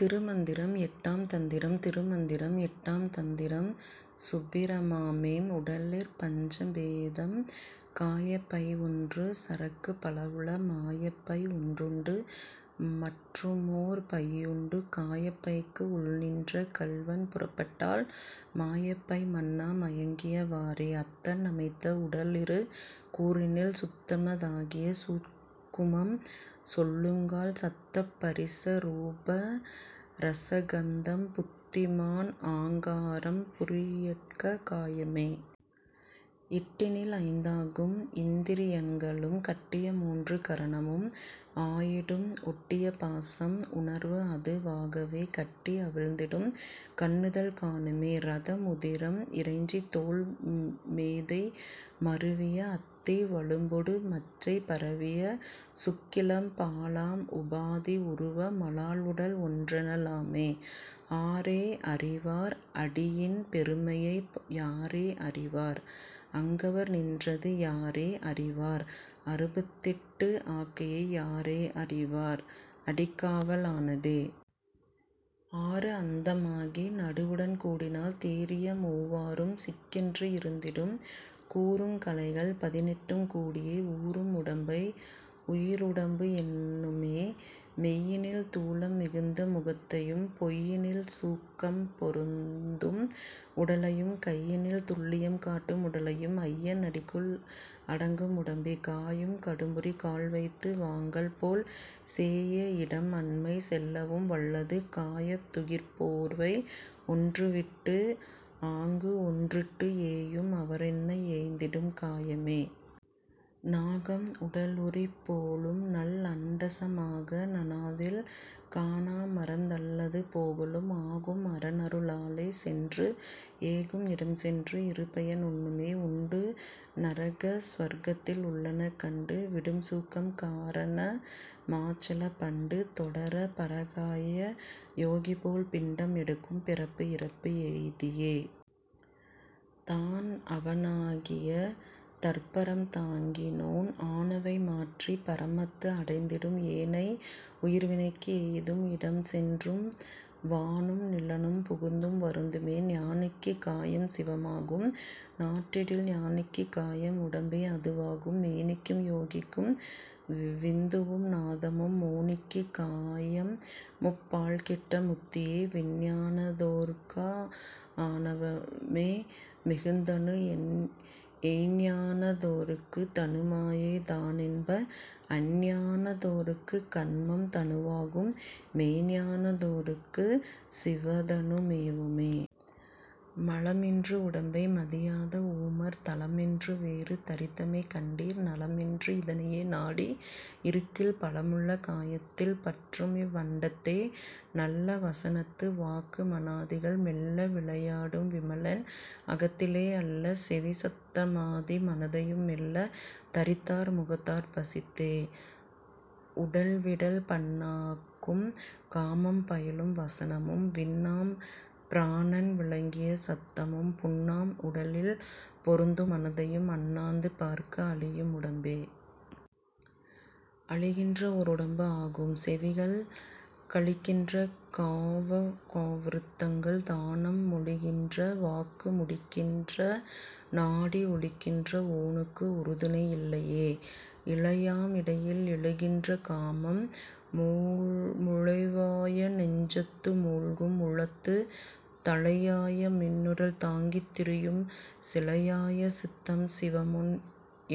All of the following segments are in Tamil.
திருமந்திரம் எட்டாம் தந்திரம் திருமந்திரம் எட்டாம் தந்திரம் சுப்பிராமேம். உடலிற் பஞ்சபேதம் காயப்பை ஒன்று சரக்குப் பலவுள மாயப்பை ஒன்றுண்டு மற்றுமோர் பையுண்டு காயப்பைக்கு உள்நின்ற கள்வன் புறப்பட்டால் மாயப்பை மண்ணா மயங்கிய வாறே. அத்தன் அமைத்த உடல்இரு கூறினில் சுத்தம தாகிய சூக்குமம் சொல்லுங்கால் சத்த பரிச ரூப ரசகந்தம் புத்திமான் ஆங்காரம் புரியட்ட காயமே. எட்டினில் ஐந்தாகும் இந்திரி யங்களும் கட்டிய மூன்று கரணமும் ஆயிடும் ஒட்டிய பாசம் உணர்வுஅது வாகவே கட்டி அவிழ்ந்திடும் கண்ணுதல் காணுமே. இரதம் உதிரம் இறைச்சிதோல் மேதை மருவிய அத்தி வழும்பொடு மச்சை பரவிய சுக்கிலம் பாழாம் உபாதி உருவ மலால்உடல் ஒன்றென லாமே. ஆரே அறிவார் அடியின் பெருமையை யாரே அறிவார் அங்கவர் நின்றது யாரே அறிவார் அறுபத்தெட்டு ஆக்கையை யாரே அறிவார் அடிக்காவல் ஆனதே. ஆறுஅந்த மாகி நடுவுடன் கூடினால் தேறிய மூவாறும் சிக்கென்று இருந்திடும் கூறுங் கலைகள் பதினெட்டும் கூடியே ஊறும் உடம்பை உயிருடம்பு எண்ணுமே. மெய்யினில் தூல மிகுந்த முகத்தையும் பொய்யினில் சூக்கம் பொருந்தும் உடலையும் கையினில் துல்லியம் காட்டும் உடலையும் ஐயன் அடிக்குள் அடங்கும் உடம்பே. காயும் கடும்பரி கால்வைத்து வாங்கல் போல் சேய இடம்அண்மை செல்லவும் வல்லது காயத் துகிர் போர்வை ஒன்றுவிட்டு ஆங்குஒன்றிட்டு ஏயும் அவரென்ன ஏய்ந்திடும் காயமே. நாகம் உடல்உரி போலும்நல் அண்டச மாக நனாவில் கானாமறந் தல்லது போகலும் ஆகும் அரன்அரு ளாலே சென்று ஏகும் இடம்சென்று இருபயன் உண்ணுமே. உண்டு நரக சுவர்கத்தில் உள்ளன கண்டு விடும்சூக்கம் காரண மாச்செலப் பண்டு தொடரப் பரகாய யோகிபோல் பிண்டம் எடுக்கும் பிறப்பு இறப்பு எய்தியே. தான்அவ னாகிய தற்பரம் தாங்கினோன் ஆனவை மாற்றிப் பரமத்து அடைந்திடும் ஏனை உயிர்வினைக்கு எய்தும் இடம்சென்றும் வானும் நிலனும் புகுந்தும் வருந்துமே. ஞானிக்குக் காயம் சிவமாகும் நாட்டிடில் ஞானிக்குக் காயம் உடம்பே அதுவாகும் மேனிக்கும் யோகிக்கும் விந்துவும் நாதமும் மோனிக்குக் காயம்முப் பாழ்கெட்ட முத்தியே. விஞ்ஞானத் தோர்க்குஆ ணவமே மிகுதனு எஞ்ஞானத் தோர்க்குத் தனுமாயை தான்என்ப அஞ்ஞானத் தோர்க்குக் கன்மம் தனுவாகும் மெஞ்ஞானத் தோர்க்குச் சிவதனு மேவுமே. மலமென்று உடம்பை மதியாத ஊமர் தலமென்று வேறு தரித்தமை கண்டீர் நலமென்று இதனையே நாடி இருக்கில் பலமுள்ள காயத்தில் பற்றும்இவ் அண்டத்தே. நல்ல வசனத்து வாக்கு மனாதிகள் மெல்ல விளையாடும் விமலன் அகத்திலே அல்ல செவிசத்த மாதி மனத்தையும் மெல்ல தரித்தார் முகத்தார் பசித்தே., உடல்விடல் பண்ணாக்கும் காமம் பயிலும் வசனமும் விண்ணாம் பிராணன் விளங்கிய சத்தமும் புண்ணாம் உடலில் பொருந்தும் மனத்தையும் அண்ணாந்து பார்க்க அழியும் உடம்பே. அழிகின்ற ஓர் உடம்பு ஆகும் செவிகள் கழிகின்ற காலவ் விரதங்கள் தானம் மொழிகின்ற வாக்கு முடிகின்ற நாடி ஒழிகின்ற ஊனுக்கு உறுதுணை இல்லையே. இலையாம் இடையில் எழுகின்ற காமம் முலைவாய நெஞ்சத்து மூழ்கும் உளத்துத் தலையாய மின்னுடல் தாங்கித் திரியும் சிலையாய சித்தம் சிவமுன்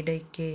இடைக்கே..